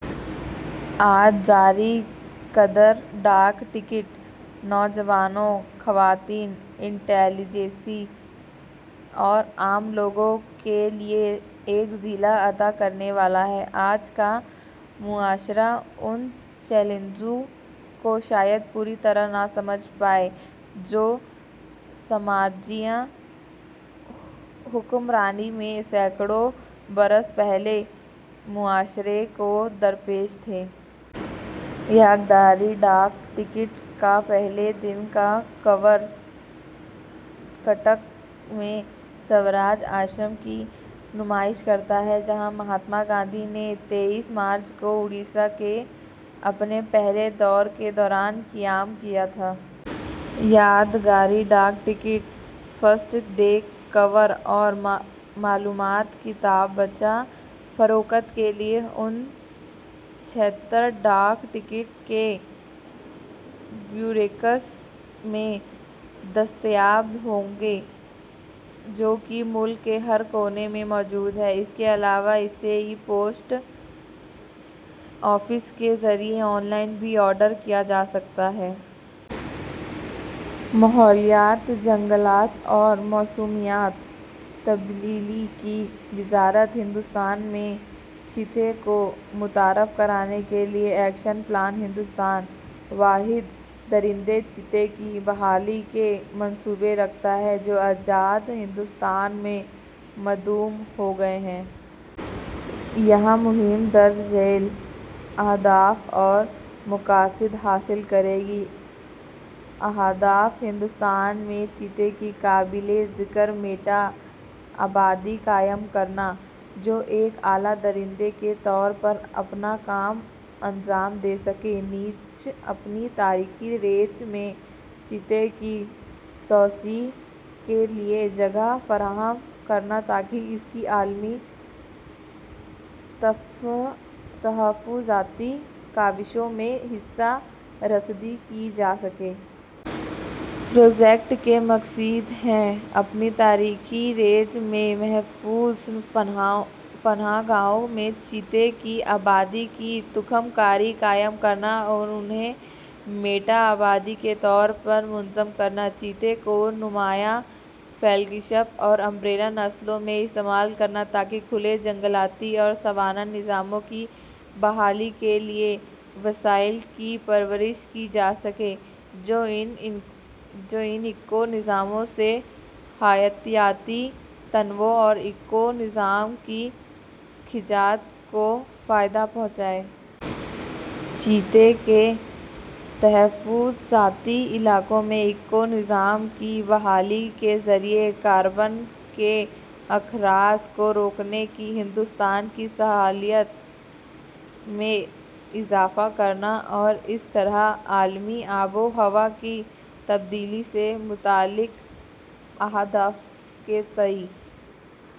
آج جاری کردہ ڈاک ٹکٹ، نوجوانوں، خواتین، انٹلی جنسیا اور عام لوگوں کے لیے ایک جلا عطا کرنے والا ہے۔ آج کا معاشرہ اُن چیلنجوں کو شاید پوری طرح نہ سمجھ پائے، جو سامراجی حکمرانی میں سینکڑوں برس پہلے معاشرے کو درپیش تھے۔ یادگاری ڈاک ٹکٹ کا پہلے دن کا کور کٹک میں سوراج آشرم کی نمائش کرتا ہے، جہاں مہاتما گاندھی نے تئیس مارچ کو اُڈیشہ کے اپنے پہلے دورے کے دوران قیام کیا تھا۔ یادگاری ڈاک ٹکٹ، فرسٹ ڈے کور اور معلومات کتابچہ فروخت کے لیے اُن چھہتر ڈاک ٹکٹ کے بیورکس میں دستیاب ہوں گے، جو کہ ملک کے ہر کونے میں موجود ہیں۔ اس کے علاوہ اسے ای پوسٹ آفس کے ذریعے آن لائن بھی آرڈر کیا جاسکتا ہے۔ ماحولیات، جنگلات اور موسمیاتی تبدیلی کی وزارت ہندوستان میں چیتے کو متعارف کرانے کے لیے ایکشن پلان ہندوستان، واحد درندے چیتے کی بحالی کے منصوبے رکھتا ہے جو آزاد ہندوستان میں معدوم ہوگئے ہیں۔ یہ مہم درج ذیل اہداف اور مقاصد حاصل کرے گی: اہداف، ہندوستان میں چیتے کی قابل ذکر میٹا آبادی قائم کرنا، جو ایک اعلیٰ درندے کے طور پر اپنا کام انجام دے سکے، نیز اپنی تاریخی رینج میں چیتے کی توسیع کے لیے جگہ فراہم کرنا تاکہ اس کی عالمی تحفظاتی کاوشوں میں حصہ رسدی کی جاسکے۔ پروجیکٹ کے مقاصد ہیں: اپنی تاریخی رینج میں محفوظ پناہ گاہوں میں چیتے کی آبادی کی تخم کاری قائم کرنا اور انہیں میٹا آبادی کے طور پر منظم کرنا۔ چیتے کو نمایاں فلیگ شپ اور امبریلا نسلوں میں استعمال کرنا تاکہ کھلے جنگلاتی اور سونّا نظاموں کی بحالی کے لیے وسائل کی پرورش کی جاسکے، جو ان ایکو نظاموں سے حیاتیاتی تنوع اور ایکو نظام کی خدمات کو فائدہ پہنچائیں گے۔ چیتے کے تحفظاتی علاقوں میں ایکو نظام کی بحالی کے ذریعے کاربن کے اخراج کو روکنے کی ہندوستان کی صلاحیت میں اضافہ کرنا اور اس طرح عالمی آب و ہوا کی تبدیلی سے متعلق اہداف کے تئیں